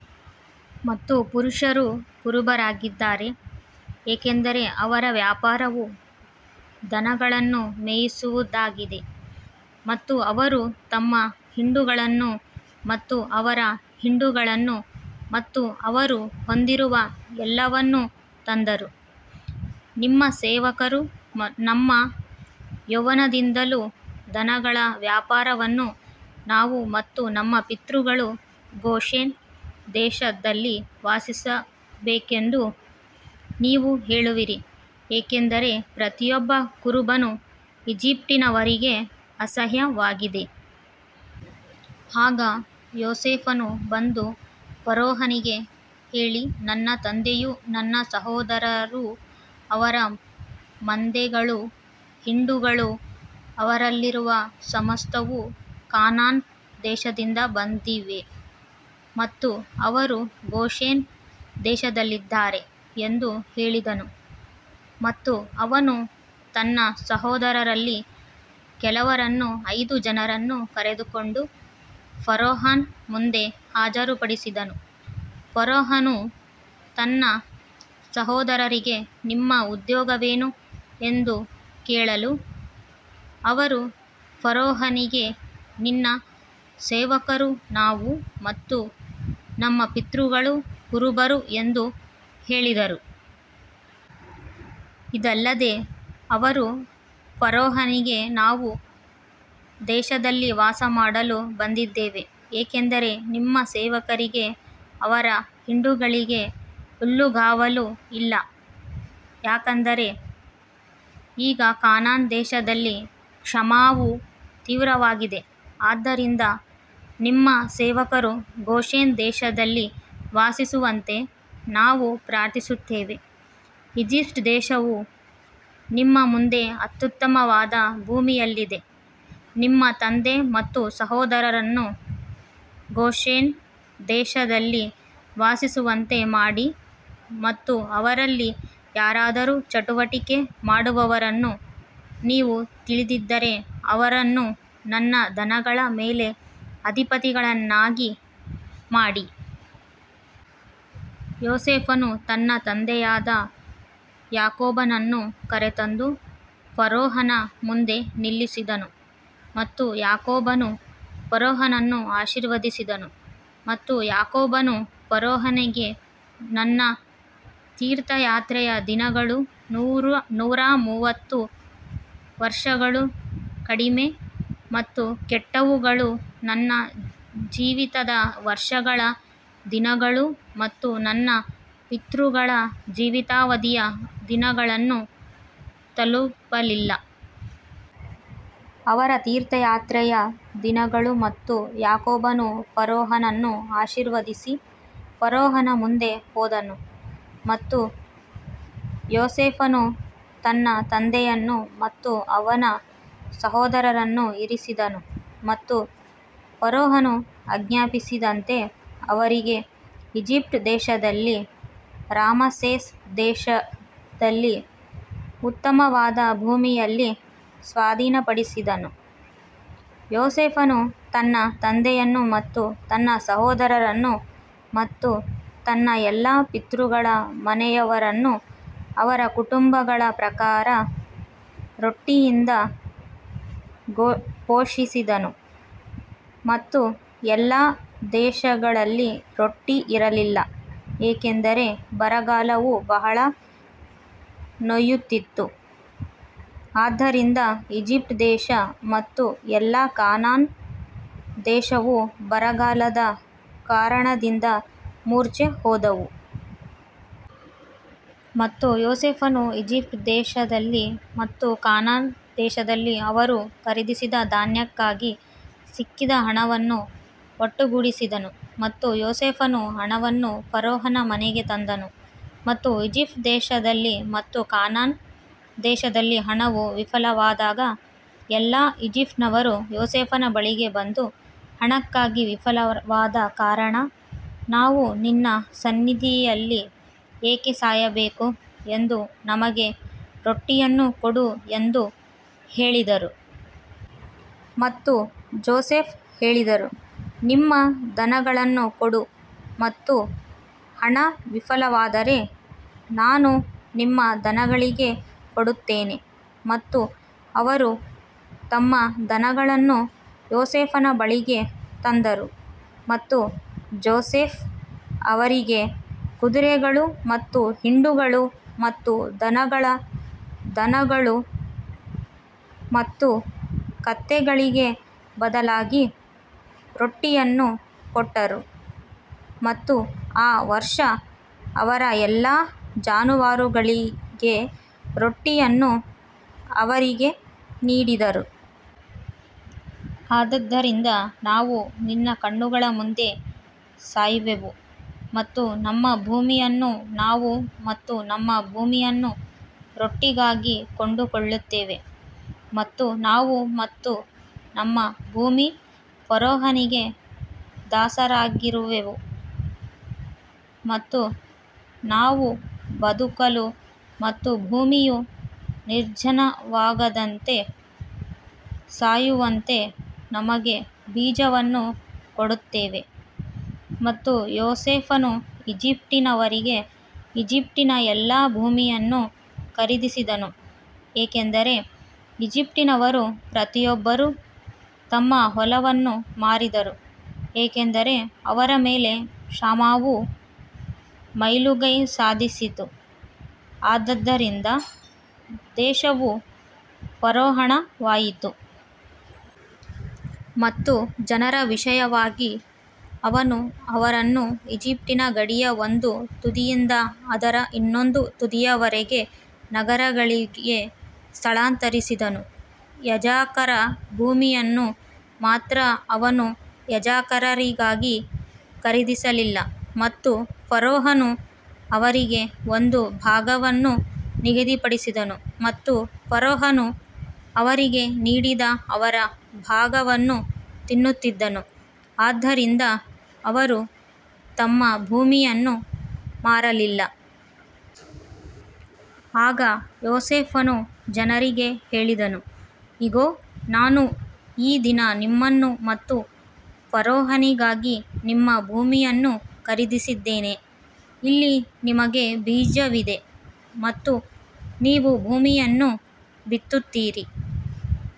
ಮತ್ತು ಪುರುಷರು ಕುರುಬರಾಗಿದ್ದಾರೆ ಏಕೆಂದರೆ ಅವರ ವ್ಯಾಪಾರವು ದನಗಳನ್ನು ಮೇಯಿಸುವುದಾಗಿದೆ ಮತ್ತು ಅವರು ತಮ್ಮ ಹಿಂಡುಗಳನ್ನು ಮತ್ತು ಅವರ ಹಿಂಡುಗಳನ್ನು ಮತ್ತು ಅವರು ಹೊಂದಿರುವ ಎಲ್ಲವನ್ನೂ ತಂದರು. ನಿಮ್ಮ ಸೇವಕರು ನಮ್ಮ ಯೌವನದಿಂದಲೂ ದನಗಳ ವ್ಯಾಪಾರವನ್ನು ನಾವು ಮತ್ತು ನಮ್ಮ ಪಿತೃಗಳು ಗೋಷೆನ್ ದೇಶದಲ್ಲಿ ವಾಸಿಸಬೇಕೆಂದು ನೀವು ಹೇಳುವಿರಿ ಏಕೆಂದರೆ ಪ್ರತಿಯೊಬ್ಬ ಕುರುಬನು ಈಜಿಪ್ಟಿನವರಿಗೆ ಅಸಹ್ಯವಾಗಿದೆ. ಆಗ ಯೋಸೇಫನು ಬಂದು ಫರೋಹನಿಗೆ ಹೇಳಿ ನನ್ನ ತಂದೆಯೂ ನನ್ನ ಸಹೋದರರೂ ಅವರ ಮಂದೆಗಳೂ ಹಿಂಡುಗಳೂ ಅವರಲ್ಲಿರುವ ಸಮಸ್ತವೂ ಕಾನಾನ್ ದೇಶದಿಂದ ಬಂದಿವೆ ಮತ್ತು ಅವರು ಗೋಷೆನ್ ದೇಶದಲ್ಲಿದ್ದಾರೆ ಎಂದು ಹೇಳಿದನು. ಮತ್ತು ಅವನು ತನ್ನ ಸಹೋದರರಲ್ಲಿ ಕೆಲವರನ್ನು ಐದು ಜನರನ್ನು ಕರೆದುಕೊಂಡು ಫರೋಹನ ಮುಂದೆ ಹಾಜರುಪಡಿಸಿದನು ಫರೋಹನು ತನ್ನ ಸಹೋದರರಿಗೆ ನಿಮ್ಮ ಉದ್ಯೋಗವೇನು ಎಂದು ಕೇಳಲು ಅವರು ಫರೋಹನಿಗೆ ನಿನ್ನ ಸೇವಕರು ನಾವು ಮತ್ತು ನಮ್ಮ ಪಿತೃಗಳು ಕುರುಬರು ಎಂದು ಹೇಳಿದರು. ಇದಲ್ಲದೆ ಅವರು ಫರೋಹನಿಗೆ ನಾವು ದೇಶದಲ್ಲಿ ವಾಸಮಾಡಲು ಬಂದಿದ್ದೇವೆ ಏಕೆಂದರೆ ನಿಮ್ಮ ಸೇವಕರಿಗೆ ಅವರ ಹಿಂಡುಗಳಿಗೆ ಹುಲ್ಲುಗಾವಲು ಇಲ್ಲ ಯಾಕಂದರೆ ಈಗ ಕಾನಾನ್ ದೇಶದಲ್ಲಿ ಕ್ಷಾಮವು ತೀವ್ರವಾಗಿದೆ ಆದ್ದರಿಂದ ನಿಮ್ಮ ಸೇವಕರು ಗೋಷೆನ್ ದೇಶದಲ್ಲಿ ವಾಸಿಸುವಂತೆ ನಾವು ಪ್ರಾರ್ಥಿಸುತ್ತೇವೆ. ಈಜಿಪ್ಟ್ ದೇಶವು ನಿಮ್ಮ ಮುಂದೆ ಅತ್ಯುತ್ತಮವಾದ ಭೂಮಿಯಲ್ಲಿದೆ ನಿಮ್ಮ ತಂದೆ ಮತ್ತು ಸಹೋದರರನ್ನು ಗೋಶೆನ್ ದೇಶದಲ್ಲಿ ವಾಸಿಸುವಂತೆ ಮಾಡಿ ಮತ್ತು ಅವರಲ್ಲಿ ಯಾರಾದರೂ ಚಟುವಟಿಕೆ ಮಾಡುವವರನ್ನು ನೀವು ತಿಳಿದಿದ್ದರೆ ಅವರನ್ನು ನನ್ನ ದನಗಳ ಮೇಲೆ ಅಧಿಪತಿಗಳನ್ನಾಗಿ ಮಾಡಿ. ಯೋಸೇಫನು ತನ್ನ ತಂದೆಯಾದ ಯಾಕೋಬನನ್ನು ಕರೆತಂದು ಫರೋಹನ ಮುಂದೆ ನಿಲ್ಲಿಸಿದನು ಮತ್ತು ಯಾಕೋಬನು ಫರೋಹನನ್ನು ಆಶೀರ್ವದಿಸಿದನು ಮತ್ತು ಯಾಕೋಬನು ಫರೋಹನಿಗೆ ನನ್ನ ತೀರ್ಥಯಾತ್ರೆಯ ದಿನಗಳು ನೂರ ಮೂವತ್ತು ವರ್ಷಗಳು ಕಡಿಮೆ ಮತ್ತು ಕೆಟ್ಟವುಗಳು ನನ್ನ ಜೀವಿತದ ವರ್ಷಗಳ ದಿನಗಳು ಮತ್ತು ನನ್ನ ಪಿತೃಗಳ ಜೀವಿತಾವಧಿಯ ದಿನಗಳನ್ನು ತಲುಪಲಿಲ್ಲ. ಅವರ ತೀರ್ಥಯಾತ್ರೆಯ ದಿನಗಳು ಮತ್ತು ಯಾಕೋಬನು ಫರೋಹನನ್ನು ಆಶೀರ್ವದಿಸಿ ಫರೋಹನ ಮುಂದೆ ಹೋದನು ಮತ್ತು ಯೋಸೇಫನು ತನ್ನ ತಂದೆಯನ್ನು ಮತ್ತು ಅವನ ಸಹೋದರರನ್ನು ಇರಿಸಿದನು ಮತ್ತು ಫರೋಹನು ಆಜ್ಞಾಪಿಸಿದಂತೆ ಅವರಿಗೆ ಈಜಿಪ್ಟ್ ದೇಶದಲ್ಲಿ ರಾಮಸೇಸ್ ದೇಶದಲ್ಲಿ ಉತ್ತಮವಾದ ಭೂಮಿಯಲ್ಲಿ ಸ್ವಾಧೀನಪಡಿಸಿದನು. ಯೋಸೇಫನು ತನ್ನ ತಂದೆಯನ್ನು ಮತ್ತು ತನ್ನ ಸಹೋದರರನ್ನು ಮತ್ತು ತನ್ನ ಎಲ್ಲಾ ಪಿತೃಗಳ ಮನೆಯವರನ್ನು ಅವರ ಕುಟುಂಬಗಳ ಪ್ರಕಾರ ರೊಟ್ಟಿಯಿಂದ ಪೋಷಿಸಿದನು ಮತ್ತು ಎಲ್ಲಾ ದೇಶಗಳಲ್ಲಿ ರೊಟ್ಟಿ ಇರಲಿಲ್ಲ ಏಕೆಂದರೆ ಬರಗಾಲವು ಬಹಳ ನೋಯುತ್ತಿತ್ತು, ಆದ್ದರಿಂದ ಈಜಿಪ್ಟ್ ದೇಶ ಮತ್ತು ಎಲ್ಲಾ ಕಾನಾನ್ ದೇಶವು ಬರಗಾಲದ ಕಾರಣದಿಂದ ಮೂರ್ಛೆ ಹೋದವು. ಮತ್ತು ಯೋಸೇಫನು ಈಜಿಪ್ಟ್ ದೇಶದಲ್ಲಿ ಮತ್ತು ಕಾನಾನ್ ದೇಶದಲ್ಲಿ ಅವರು ಖರೀದಿಸಿದ ಧಾನ್ಯಕ್ಕಾಗಿ ಸಿಕ್ಕಿದ ಹಣವನ್ನು ಒಟ್ಟುಗೂಡಿಸಿದನು ಮತ್ತು ಯೋಸೇಫನು ಹಣವನ್ನು ಫರೋಹನ ಮನೆಗೆ ತಂದನು. ಮತ್ತು ಈಜಿಪ್ಟ್ ದೇಶದಲ್ಲಿ ಮತ್ತು ಕಾನಾನ್ ದೇಶದಲ್ಲಿ ಹಣವು ವಿಫಲವಾದಾಗ ಎಲ್ಲಾ ಈಜಿಪ್ಟಿನವರು ಯೋಸೇಫನ ಬಳಿಗೆ ಬಂದು ಹಣಕ್ಕಾಗಿ ವಿಫಲವಾದ ಕಾರಣ ನಾವು ನಿನ್ನ ಸನ್ನಿಧಿಯಲ್ಲಿ ಏಕೆ ಸಾಯಬೇಕು ಎಂದು ನಮಗೆ ರೊಟ್ಟಿಯನ್ನು ಕೊಡು ಎಂದು ಹೇಳಿದರು. ಮತ್ತು ಜೋಸೆಫ್ ಹೇಳಿದರು ನಿಮ್ಮ ದನಗಳನ್ನು ಕೊಡು ಮತ್ತು ಹಣ ವಿಫಲವಾದರೆ ನಾನು ನಿಮ್ಮ ದನಗಳಿಗೆ ಕೊಡುತ್ತೇನೆ ಮತ್ತು ಅವರು ತಮ್ಮ ದನಗಳನ್ನು ಯೋಸೇಫನ ಬಳಿಗೆ ತಂದರು ಮತ್ತು ಜೋಸೆಫ್ ಅವರಿಗೆ ಕುದುರೆಗಳು ಮತ್ತು ಹಿಂಡುಗಳು ಮತ್ತು ದನಗಳ ದನಗಳು ಮತ್ತು ಕತ್ತೆಗಳಿಗೆ ಬದಲಾಗಿ ರೊಟ್ಟಿಯನ್ನು ಕೊಟ್ಟರು ಮತ್ತು ಆ ವರ್ಷ ಅವರ ಎಲ್ಲಾ ಜಾನುವಾರುಗಳಿಗೆ ರೊಟ್ಟಿಯನ್ನು ಅವರಿಗೆ ನೀಡಿದರು. ಆದದರಿಂದ ನಾವು ನಿನ್ನ ಕಣ್ಣುಗಳ ಮುಂದೆ ಸಾಯುವೆವು ಮತ್ತು ನಮ್ಮ ಭೂಮಿಯನ್ನು ನಾವು ಮತ್ತು ನಮ್ಮ ಭೂಮಿಯನ್ನು ರೊಟ್ಟಿಗಾಗಿ ಕೊಂಡುಕೊಳ್ಳುತ್ತೇವೆ ಮತ್ತು ನಾವು ಮತ್ತು ನಮ್ಮ ಭೂಮಿ ಫರೋಹನಿಗೆ ದಾಸರಾಗಿರುವೆವು ಮತ್ತು ನಾವು ಬದುಕಲು ಮತ್ತು ಭೂಮಿಯು ನಿರ್ಜನವಾಗದಂತೆ ಸಾಯುವಂತೆ ನಮಗೆ ಬೀಜವನ್ನು ಕೊಡುತ್ತೇವೆ. ಮತ್ತು ಯೋಸೇಫನು ಈಜಿಪ್ಟಿನವರಿಗೆ ಈಜಿಪ್ಟಿನ ಎಲ್ಲಾ ಭೂಮಿಯನ್ನು ಖರೀದಿಸಿದನು, ಏಕೆಂದರೆ ಈಜಿಪ್ಟಿನವರು ಪ್ರತಿಯೊಬ್ಬರೂ ತಮ್ಮ ಹೊಲವನ್ನು ಮಾರಿದರು, ಏಕೆಂದರೆ ಅವರ ಮೇಲೆ ಕ್ಷಾಮವು ಮೇಲುಗೈ ಸಾಧಿಸಿತು, ಆದ್ದರಿಂದ ದೇಶವು ಫರೋಹಣವಾಯಿತು. ಮತ್ತು ಜನರ ವಿಷಯವಾಗಿ ಅವನು ಅವರನ್ನು ಈಜಿಪ್ಟಿನ ಗಡಿಯ ಒಂದು ತುದಿಯಿಂದ ಅದರ ಇನ್ನೊಂದು ತುದಿಯವರೆಗೆ ನಗರಗಳಿಗೆ ಸ್ಥಳಾಂತರಿಸಿದನು ಯಾಜಕರ ಭೂಮಿಯನ್ನು ಮಾತ್ರ ಅವನು ಯಾಜಕರಿಗಾಗಿ ಖರೀದಿಸಲಿಲ್ಲ ಮತ್ತು ಫರೋಹನು ಅವರಿಗೆ ಒಂದು ಭಾಗವನ್ನು ನಿಗದಿಪಡಿಸಿದನು ಮತ್ತು ಫರೋಹನು ಅವರಿಗೆ ನೀಡಿದ ಅವರ ಭಾಗವನ್ನು ತಿನ್ನುತ್ತಿದ್ದನು ಆದ್ದರಿಂದ ಅವರು ತಮ್ಮ ಭೂಮಿಯನ್ನು ಮಾರಲಿಲ್ಲ. ಆಗ ಯೋಸೇಫನು ಜನರಿಗೆ ಹೇಳಿದನು, ಇಗೋ, ನಾನು ಈ ದಿನ ನಿಮ್ಮನ್ನು ಮತ್ತು ಫರೋಹನಿಗಾಗಿ ನಿಮ್ಮ ಭೂಮಿಯನ್ನು ಖರೀದಿಸಿದ್ದೇನೆ, ಇಲ್ಲಿ ನಿಮಗೆ ಬೀಜವಿದೆ ಮತ್ತು ನೀವು ಭೂಮಿಯನ್ನು ಬಿತ್ತುತ್ತೀರಿ.